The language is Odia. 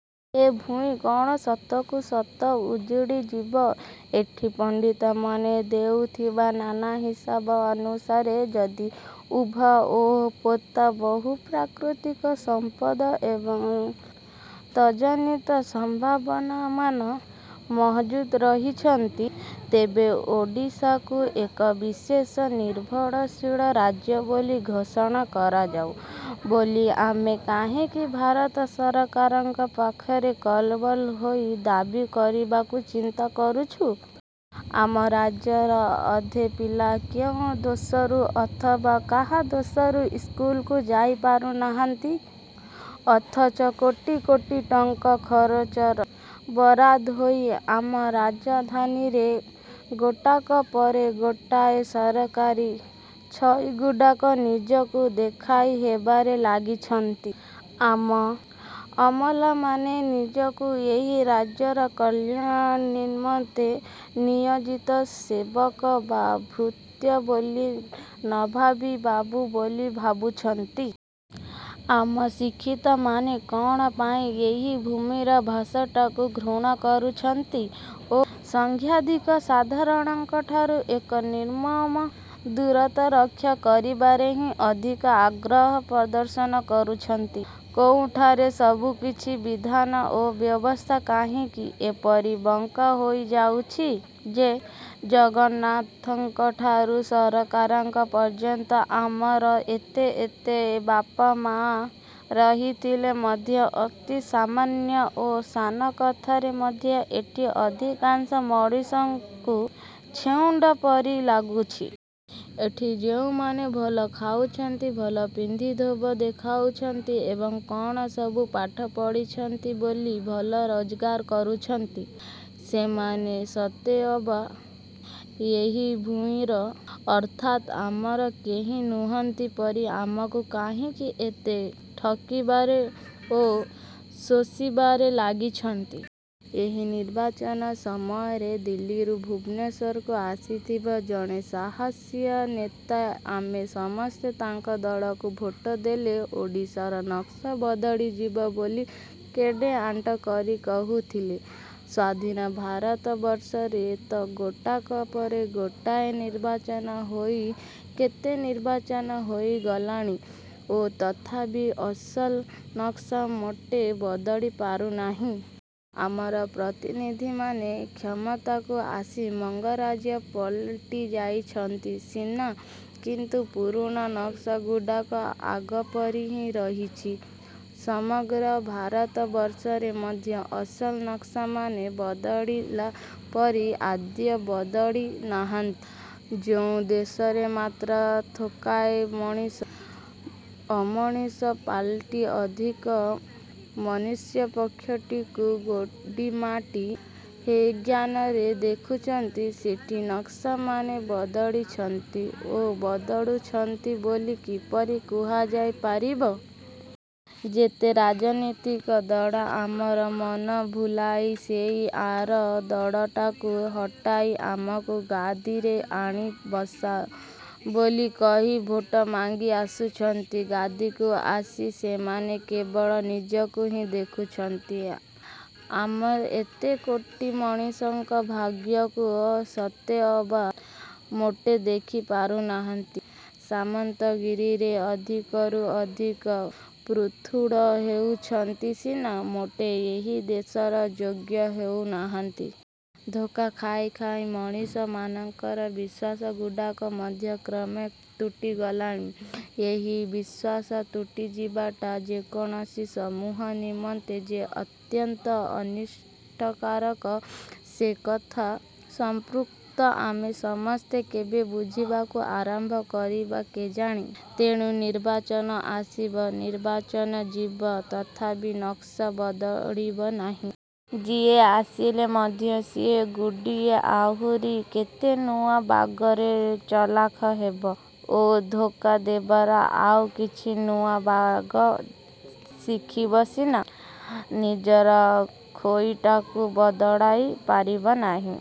ଏ ଭୂଇଁ କ'ଣ ସତକୁ ସତ ଉଜୁଡ଼ି ଯିବ? ଏଠି ପଣ୍ଡିତମାନେ ଦେଉଥିବା ନାନା ହିସାବ ଅନୁସାରେ ଯଦି ଉଭା ଓ ପୋତା ବହୁ ପ୍ରାକୃତିକ ସମ୍ପଦ ଏବଂ ତଜନିତ ସମ୍ଭାବନାମାନ ମହଜୁଦ ରହିଛନ୍ତି, ତେବେ ଓଡ଼ିଶାକୁ ଏକ ବିଶେଷ ନିର୍ଭରଶୀଳ ରାଜ୍ୟ ବୋଲି ଘୋଷଣା କରାଯାଉ ବୋଲି ଆମେ କାହିଁକି ଭାରତ ସରକାରଙ୍କ ପାଖରେ କଲବଲ ହୋଇ ଦାବି କରିବାକୁ ଚିନ୍ତା କରୁଛୁ? ଆମ ରାଜ୍ୟର ଅଧେ ପିଲା କେଉଁ ଦୋଷରୁ ଅଥବା କାହା ଦୋଷରୁ ଇସ୍କୁଲକୁ ଯାଇ ପାରୁନାହାନ୍ତି? ଅଥଚ କୋଟି କୋଟି ଟଙ୍କା ଖରଚର ବରାଦ ହୋଇ ଆମ ରାଜଧାନୀରେ ଗୋଟାକ ପରେ ଗୋଟାଏ ସରକାରୀ ଛଇଗୁଡ଼ାକ ନିଜକୁ ଦେଖାଇ ହେବାରେ ଲାଗିଛନ୍ତି? ଆମ ଅମଲାମାନେ ନିଜକୁ ଏହି ରାଜ୍ୟର କଲ୍ୟାଣ ନିମନ୍ତେ ନିୟୋଜିତ ସେବକ ବା ଭୃତ୍ୟ ବୋଲି ନଭାବି ବାବୁ ବୋଲି ଭାବୁଛନ୍ତି? ଆମ ଶିକ୍ଷିତମାନେ କ'ଣ ପାଇଁ ଏହି ଭୂମିର ଭାଷାଟାକୁ ଘୃଣା କରୁଛନ୍ତି ଓ ସଂଖ୍ୟାଧିକ ସାଧାରଣଙ୍କଠାରୁ ଏକ ନିର୍ମମ ଦୂରତା ରକ୍ଷା କରିବାରେ ହିଁ ଅଧିକ ଆଗ୍ରହ ପ୍ରଦର୍ଶନ କରୁଛନ୍ତି? କୋଉଠାରେ ସବୁକିଛି ବିଧାନ ଓ ବ୍ୟବସ୍ଥା କାହିଁକି ଏପରି ବଙ୍କା ହୋଇଯାଉଛି ଯେ, ଜଗନ୍ନାଥଙ୍କଠାରୁ ସରକାରଙ୍କ ପର୍ଯ୍ୟନ୍ତ ଆମର ଏତେ ଏତେ ବାପମାଆ ରହିଥିଲେ ମଧ୍ୟ ଅତି ସାମାନ୍ୟ ଓ ସାନ କଥାରେ ମଧ୍ୟ ଏଠି ଅଧିକାଂଶ ମଣିଷଙ୍କୁ ଛେଉଣ୍ଡ ପରି ଲାଗୁଛି? ଏଠି ଯେଉଁମାନେ ଭଲ ଖାଉଛନ୍ତି, ଭଲ ପିନ୍ଧି ଧୋବ ଦେଖାଯାଉଛନ୍ତି ଏବଂ କ'ଣ ସବୁ ପାଠ ପଢ଼ିଛନ୍ତି ବୋଲି ଭଲ ରୋଜଗାର କରୁଛନ୍ତି, ସେମାନେ ସତେଅବା ଏହି ଭୂଇଁର ଅର୍ଥାତ୍ ଆମର କେହି ନୁହନ୍ତି ପରି ଆମକୁ କାହିଁକି ଏତେ ଠକିବାରେ ଓ ଶୋଷିବାରେ ଲାଗିଛନ୍ତି? ଏହି ନିର୍ବାଚନ ସମୟରେ ଦିଲ୍ଲୀରୁ ଭୁବନେଶ୍ୱରକୁ ଆସିଥିବା ଜଣେ ସାହସିଆ ନେତା ଆମେ ସମସ୍ତେ ତାଙ୍କ ଦଳକୁ ଭୋଟ ଦେଲେ ଓଡ଼ିଶାର ନକ୍ସା ବଦଳିଯିବ ବୋଲି କେଡ଼େ ଆଣ୍ଟ କରି କହୁଥିଲେ। ସ୍ୱାଧୀନ ଭାରତବର୍ଷରେ ତ ଗୋଟାକ ପରେ ଗୋଟାଏ ନିର୍ବାଚନ ହୋଇ କେତେ ନିର୍ବାଚନ ହୋଇଗଲାଣି ଓ ତଥାପି ଅସଲ ନକ୍ସା ମୋଟେ ବଦଳି ପାରୁନାହିଁ। ଆମର ପ୍ରତିନିଧିମାନେ କ୍ଷମତାକୁ ଆସି ମଙ୍ଗରାଜ ପାଲଟି ଯାଇଛନ୍ତି ସିନା, କିନ୍ତୁ ପୁରୁଣା ନକ୍ସା ଗୁଡ଼ାକ ଆଗପରି ହିଁ ରହିଛି। ସମଗ୍ର ଭାରତବର୍ଷରେ ମଧ୍ୟ ଅସଲ ନକ୍ସାମାନେ ବଦଳିଲା ପରି ଆଦୌ ବଦଳି ନାହାନ୍ତି। ଯୋଉ ଦେଶରେ ମାତ୍ର ଥୋକାଏ ମଣିଷ ଅମଣିଷ ପାଲଟି ଅଧିକ ମନୁଷ୍ୟପକ୍ଷଟିକୁ ଗୋଡ଼ିମାଟି ହେୟଜ୍ଞାନରେ ଦେଖୁଛନ୍ତି, ସେଠି ନକ୍ସାମାନେ ବଦଳିଛନ୍ତି ଓ ବଦଳୁଛନ୍ତି ବୋଲି କିପରି କୁହାଯାଇ ପାରିବ? ଯେତେ ରାଜନୀତିକ ଦଳ ଆମର ମନ ଭୁଲାଇ ସେଇ ଆର ଦଳଟାକୁ ହଟାଇ ଆମକୁ ଗାଦୀରେ ଆଣି ବସାଅ ବୋଲି କହି ଭୋଟ ମାଗି ଆସୁଛନ୍ତି, ଗାଦୀକୁ ଆସି ସେମାନେ କେବଳ ନିଜକୁ ହିଁ ଦେଖୁଛନ୍ତି। ଆମ ଏତେ କୋଟି ମଣିଷଙ୍କ ଭାଗ୍ୟକୁ ସତେଅବା ମୋଟେ ଦେଖି ପାରୁନାହାନ୍ତି; ସାମନ୍ତଗିରିରେ ଅଧିକରୁ ଅଧିକ ପୃଥୁଳ ହେଉଛନ୍ତି ସିନା ମୋଟେ ଏହି ଦେଶର ଯୋଗ୍ୟ ହେଉନାହାନ୍ତି। ଧୋକା ଖାଇ ଖାଇ ମଣିଷମାନଙ୍କର ବିଶ୍ଵାସଗୁଡ଼ାକ ମଧ୍ୟ କ୍ରମେ ତୁଟି ଗଲାଣି। ଏହି ବିଶ୍ୱାସ ତୁଟିଯିବାଟା ଯେକୌଣସି ସମୂହ ନିମନ୍ତେ ଯେ ଅତ୍ୟନ୍ତ ଅନିଷ୍ଟକାରକ, ସେକଥା ସଂପୃକ୍ତ ଆମେ ସମସ୍ତେ କେବେ ବୁଝିବାକୁ ଆରମ୍ଭ କରିବା କେଜାଣି? ତେଣୁ ନିର୍ବାଚନ ଆସିବ, ନିର୍ବାଚନ ଯିବ, ତଥାପି ନକ୍ସା ବଦଳିବ ନାହିଁ। ଯିଏ ଆସିଲେ ମଧ୍ୟ ସିଏ ଗୁଡ଼ିଏ ଆହୁରି କେତେ ନୂଆ ବାଗରେ ଚଲାଖ ହେବ ଓ ଧୋକା ଦେବାର ଆଉ କିଛି ନୂଆ ବାଗ ଶିଖିବ ସିନା, ନିଜର ଖୋଇଟାକୁ ବଦଳାଇ ପାରିବ ନାହିଁ ।